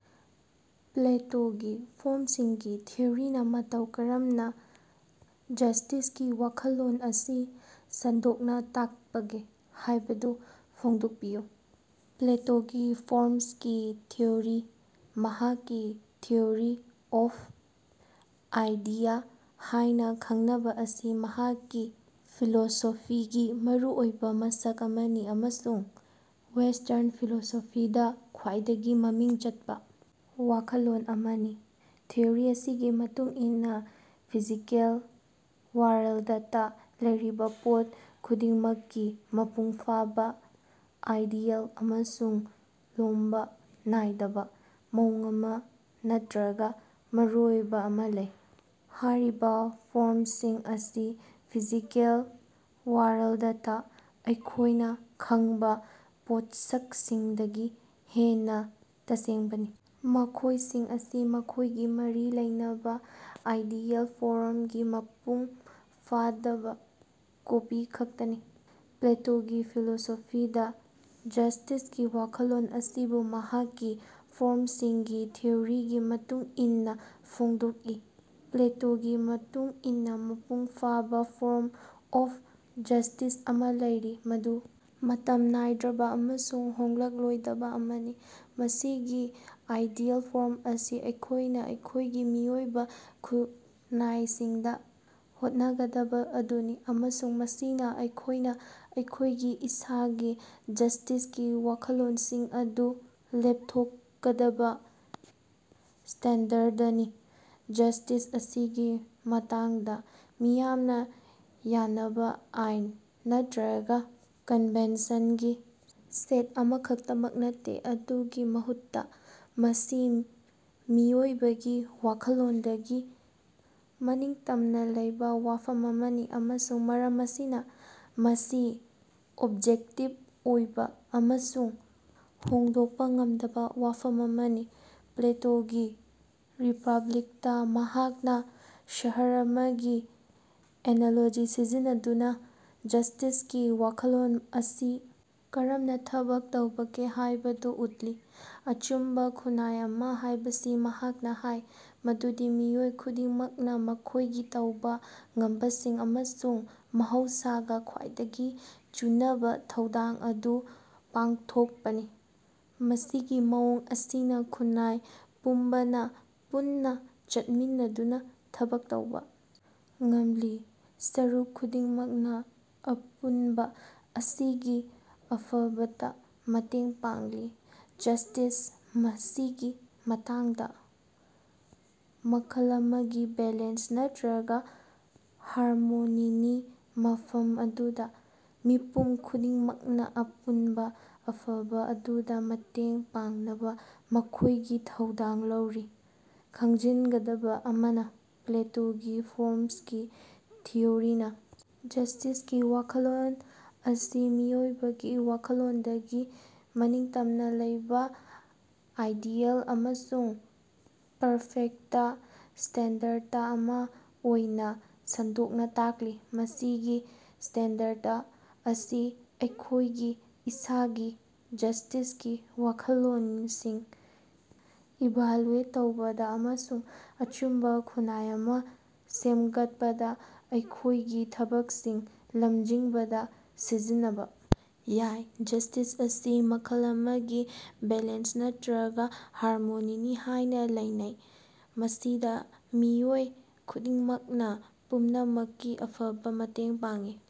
ꯄ꯭ꯂꯦꯇꯣꯒꯤ ꯐꯣ꯭ꯔꯝꯁꯤꯡꯒꯤ ꯊꯤꯑꯣꯔꯤꯅ ꯃꯇꯧ ꯀꯔꯝꯅ ꯖꯁꯇꯤꯁꯀꯤ ꯋꯥꯈꯜꯂꯣꯟ ꯑꯁꯤ ꯁꯟꯗꯣꯛꯅ ꯇꯥꯛꯄꯒꯦ ꯍꯥꯏꯕꯗꯨ ꯐꯣꯡꯗꯣꯛꯄꯤꯌꯨ꯫ ꯄ꯭ꯂꯦꯇꯣꯒꯤ ꯐꯣ꯭ꯔꯝꯁꯀꯤ ꯊꯤꯑꯣꯔꯤ, ꯃꯍꯥꯛꯀꯤ ꯊꯤꯑꯣꯔꯤ ꯑꯣꯐ ꯑꯥꯏꯗꯤꯌꯥ ꯍꯥꯏꯅ ꯈꯪꯅꯕ ꯑꯁꯤ ꯃꯍꯥꯛꯀꯤ ꯐꯤꯂꯣꯁꯣꯐꯤꯒꯤ ꯃꯔꯨꯑꯣꯏꯕ ꯃꯁꯛ ꯑꯃꯅꯤ ꯑꯃꯁꯨꯡ ꯋꯦꯁꯇ꯭ꯔꯟ ꯐꯤꯂꯣꯁꯣꯐꯤꯗ ꯈ꯭ꯋꯥꯏꯗꯒꯤ ꯃꯃꯤꯡ ꯆꯠꯄ ꯋꯥꯈꯜꯂꯣꯟ ꯑꯃꯅꯤ꯫ ꯊꯤꯑꯣꯔꯤ ꯑꯁꯤꯒꯤ ꯃꯇꯨꯡ ꯏꯟꯅ ꯐꯤꯖꯤꯀꯦꯜ ꯋꯥꯔꯜꯗꯇꯥ ꯂꯩꯔꯤꯕ ꯄꯣꯠ ꯈꯨꯗꯤꯡꯃꯛꯀꯤ ꯃꯄꯨꯡ ꯐꯥꯕ, ꯑꯥꯏꯗꯤꯌꯦꯜ ꯑꯃꯁꯨꯡ ꯂꯣꯝꯕ ꯅꯥꯏꯗꯕꯥ ꯃꯑꯣꯡ ꯑꯃ ꯅꯠꯇꯔꯒꯥ ꯃꯔꯨꯑꯣꯏꯕ ꯑꯃ‌ ꯂꯩ꯫ ꯍꯥꯏꯔꯤꯕ ꯐꯣ꯭ꯔꯝꯁꯤꯡ ꯑꯁꯤ ꯐꯤꯖꯤꯀꯦꯜ ꯋꯥꯔꯜꯗꯇꯥ ꯑꯩꯈꯣꯏꯅ ꯈꯪꯕ ꯄꯣꯠꯁꯛꯁꯤꯡꯗꯒꯤ ꯍꯦꯟꯅ ꯇꯁꯦꯡꯕꯅꯤ, ꯃꯈꯣꯏꯁꯤꯡ ꯑꯁꯤ ꯃꯈꯣꯏꯒꯤ ꯃꯔꯤ ꯂꯩꯅꯕꯥ ꯑꯥꯏꯗꯤꯌꯦꯜ ꯐꯣ꯭ꯔꯝꯒꯤ ꯃꯄꯨꯡ ꯐꯥꯗꯕ ꯀꯣꯄꯤ ꯈꯛꯇꯅꯤ꯫ ꯄ꯭ꯂꯦꯇꯣꯒꯤ ꯐꯤꯂꯣꯁꯣꯐꯤꯗꯥ ꯖꯁꯇꯤꯁꯀꯤ ꯋꯥꯈꯜꯂꯣꯟ ꯑꯁꯤꯁꯨ ꯃꯍꯥꯛꯀꯤ ꯐꯣ‍꯭ꯔꯝꯁꯤꯡꯒꯤ ꯊꯤꯑꯣꯔꯤꯒꯤ ꯃꯇꯨꯡ ꯏꯟꯅ ꯐꯣꯡꯗꯣꯛꯏ꯫ ꯄ꯭ꯂꯦꯇꯣꯒꯤ ꯃꯇꯨꯡ ꯏꯟꯅ ꯃꯄꯨꯡ ꯐꯥꯕ ꯐꯣ꯭ꯔꯝ ꯑꯣꯐ ꯖꯁꯇꯤꯁ ꯑꯃ ꯂꯩꯔꯤ, ꯃꯗꯨ ꯃꯇꯝ ꯅꯥꯏꯗ꯭ꯔꯕ ꯑꯃꯁꯨꯡ ꯍꯣꯡꯂꯛꯂꯣꯏꯗꯕ ꯑꯃꯅꯤ꯫ ꯃꯁꯤꯒꯤ ꯑꯥꯏꯗꯤꯌꯦꯜ ꯐꯣꯔꯝ ꯑꯁꯤ ꯑꯩꯈꯣꯏꯅ ꯑꯩꯈꯣꯏꯒꯤ ꯃꯤꯑꯣꯏꯕ ꯈꯨꯟꯅꯥꯏꯁꯤꯡꯗ ꯍꯣꯠꯅꯒꯗꯕ ꯑꯗꯨꯅꯤ, ꯑꯃꯁꯨꯡ ꯃꯁꯤꯅ ꯑꯩꯈꯣꯏꯅ ꯑꯩꯈꯣꯏꯒꯤ ꯏꯁꯥꯒꯤ ꯖꯁꯇꯤꯁꯀꯤ ꯋꯥꯈꯜꯂꯣꯟꯁꯤꯡ ꯑꯗꯨ ꯂꯦꯞꯊꯣꯛꯀꯗꯕꯥ ꯁ꯭ꯇꯦꯟꯗꯔꯗꯅꯤ꯫ ꯖꯁꯇꯤꯁ, ꯃꯁꯤꯒꯤ ꯃꯇꯥꯡꯗ, ꯃꯤꯌꯥꯝꯅ ꯌꯥꯅꯕꯥ ꯑꯥꯏꯟ ꯅꯠꯇꯔꯒ ꯀꯟꯚꯦꯟꯁꯟꯒꯤ ꯁꯦꯠ ꯑꯃꯈꯛꯇꯃꯛ ꯅꯠꯇꯦ, ꯃꯗꯨꯒꯤ ꯃꯍꯨꯠꯇ ꯃꯁꯤ ꯃꯤꯑꯣꯏꯕꯒꯤ ꯋꯥꯈꯜꯂꯣꯟꯗꯒꯤ ꯃꯅꯤꯡꯇꯝꯅ ꯂꯩꯕ ꯋꯥꯐꯝ ꯑꯃꯅꯤ, ꯑꯃꯁꯨꯡ ꯃꯔꯝ ꯑꯁꯤꯅ ꯃꯁꯤ ꯑꯣꯕꯖꯦꯛꯇꯤꯕ ꯑꯣꯏꯕ ꯑꯃꯁꯨꯡ ꯍꯣꯡꯗꯣꯛꯄ ꯉꯝꯗꯕ ꯋꯥꯐꯝ ꯑꯃꯅꯤ꯫ ꯄ꯭ꯂꯦꯇꯣꯒꯤ ꯔꯤꯄꯥꯕ꯭ꯂꯤꯛꯇꯥ ꯃꯍꯥꯛꯅ ꯁꯍꯔ ꯑꯃꯒꯤ ꯑꯦꯅꯥꯂꯣꯖꯤ ꯁꯤꯖꯤꯟꯅꯗꯨꯅ ꯖꯁꯇꯤꯁꯀꯤ ꯋꯥꯈꯜꯂꯣꯟ ꯑꯁꯤ ꯀꯔꯝꯅ ꯊꯕꯛ ꯇꯧꯕꯒꯦ ꯍꯥꯏꯕꯗꯨ ꯎꯠꯂꯤ꯫ ꯑꯆꯨꯝꯕ ꯈꯨꯟꯅꯥꯏ ꯑꯃ ꯍꯥꯏꯕꯁꯤ ꯃꯍꯥꯛꯅ ꯍꯥꯏ ꯃꯗꯨꯗꯤ ꯃꯤꯑꯣꯏ ꯈꯨꯗꯤꯡꯃꯛꯅ ꯃꯈꯣꯏꯒꯤ ꯇꯧꯕ ꯉꯝꯕꯁꯤꯡ ꯑꯃꯁꯨꯡ ꯃꯍꯧꯁꯥꯒ ꯈ꯭ꯋꯥꯏꯗꯒꯤ ꯆꯨꯅꯕꯥ ꯊꯧꯗꯥꯡ ꯑꯗꯨ ꯄꯥꯡꯊꯣꯛꯄꯅꯤ꯫ ꯃꯁꯤꯒꯤ ꯃꯑꯣꯡ ꯑꯁꯤꯅ ꯈꯨꯟꯅꯥꯏ ꯄꯨꯝꯕꯅꯥ ꯄꯨꯟꯅ ꯆꯠꯃꯤꯟꯅꯗꯨꯅ ꯊꯕꯛ ꯇꯧꯕ ꯉꯝꯂꯤ, ꯁꯔꯨꯛ ꯈꯨꯗꯤꯡꯃꯛꯅ ꯑꯄꯨꯟꯕ ꯑꯁꯤꯒꯤ ꯑꯐꯕꯗꯥ ꯃꯇꯦꯡ ꯄꯥꯡꯂꯤ꯫ ꯖꯁꯇꯤꯁ, ꯃꯁꯤꯒꯤ ꯃꯇꯥꯡꯗ, ꯃꯈꯜ ꯑꯃꯒꯤ ꯕꯦꯂꯦꯟꯁ ꯅꯠꯇꯔꯒ ꯍꯥꯔꯃꯣꯅꯤꯅꯤ, ꯃꯐꯝ ꯑꯗꯨꯗ ꯃꯤꯄꯨꯝ ꯈꯨꯗꯤꯡꯃꯛꯅ ꯑꯄꯨꯟꯕ ꯑꯐꯕ ꯑꯗꯨꯗ ꯃꯇꯦꯡ ꯄꯥꯡꯅꯕ ꯃꯈꯣꯏꯒꯤ ꯊꯧꯗꯥꯡ ꯂꯧꯔꯤ꯫ ꯈꯪꯖꯤꯟꯒꯗꯕ ꯑꯃꯅ, ꯄ꯭ꯂꯦꯇꯣꯒꯤ ꯐꯣ꯭ꯔꯁꯀꯤ ꯊꯤꯑꯣꯔꯤꯅ ꯖꯁꯇꯤꯁꯀꯤ ꯋꯥꯈꯜꯂꯣꯟ ꯑꯁꯤ ꯃꯤꯑꯣꯏꯕꯒꯤ ꯋꯥꯈꯜꯂꯣꯟꯗꯒꯤ ꯃꯅꯤꯡꯇꯝꯅ ꯂꯩꯕ ꯑꯥꯏꯗꯤꯌꯦꯜ ꯑꯃꯁꯨꯡ ꯄꯔꯐꯦꯛꯇ ꯁ꯭ꯇꯦꯟꯗꯔꯗ ꯑꯃ ꯑꯣꯏꯅ ꯁꯟꯗꯣꯛꯅ ꯇꯥꯛꯂꯤ꯫ ꯃꯁꯤꯒꯤ ꯁ꯭ꯇꯦꯟꯗꯔꯗ ꯑꯁꯤ ꯑꯩꯈꯣꯏꯒꯤ ꯏꯁꯥꯒꯤ ꯖꯁꯇꯤꯁꯀꯤ ꯋꯥꯈꯜꯂꯣꯟꯁꯤꯡ ꯏꯚꯥꯂꯨꯑꯦꯠ ꯇꯧꯕꯗ ꯑꯃꯁꯨꯡ ꯑꯆꯨꯝꯕ ꯈꯨꯟꯅꯥꯏ ꯑꯃ ꯁꯦꯝꯒꯠꯄꯗ ꯑꯩꯈꯣꯏꯒꯤ ꯊꯕꯛꯁꯤꯡ ꯂꯝꯖꯤꯡꯕꯗ ꯁꯤꯖꯤꯟꯅꯕꯥ ꯌꯥꯏ꯫ ꯖꯁꯇꯤꯁ ꯑꯁꯤ ꯃꯈꯜ ꯑꯃꯒꯤ ꯕꯦꯂꯦꯟꯁ ꯅꯠꯇꯔꯒ ꯍꯥꯔꯃꯣꯅꯤꯅꯤ ꯍꯥꯏꯅ ꯂꯧꯅꯩ, ꯃꯁꯤꯗ ꯃꯤꯑꯣꯏ ꯈꯨꯗꯤꯡꯃꯛꯅ ꯄꯨꯝꯅꯃꯛꯀꯤ ꯑꯐꯕ ꯃꯇꯦꯡ ꯄꯥꯡꯏ꯫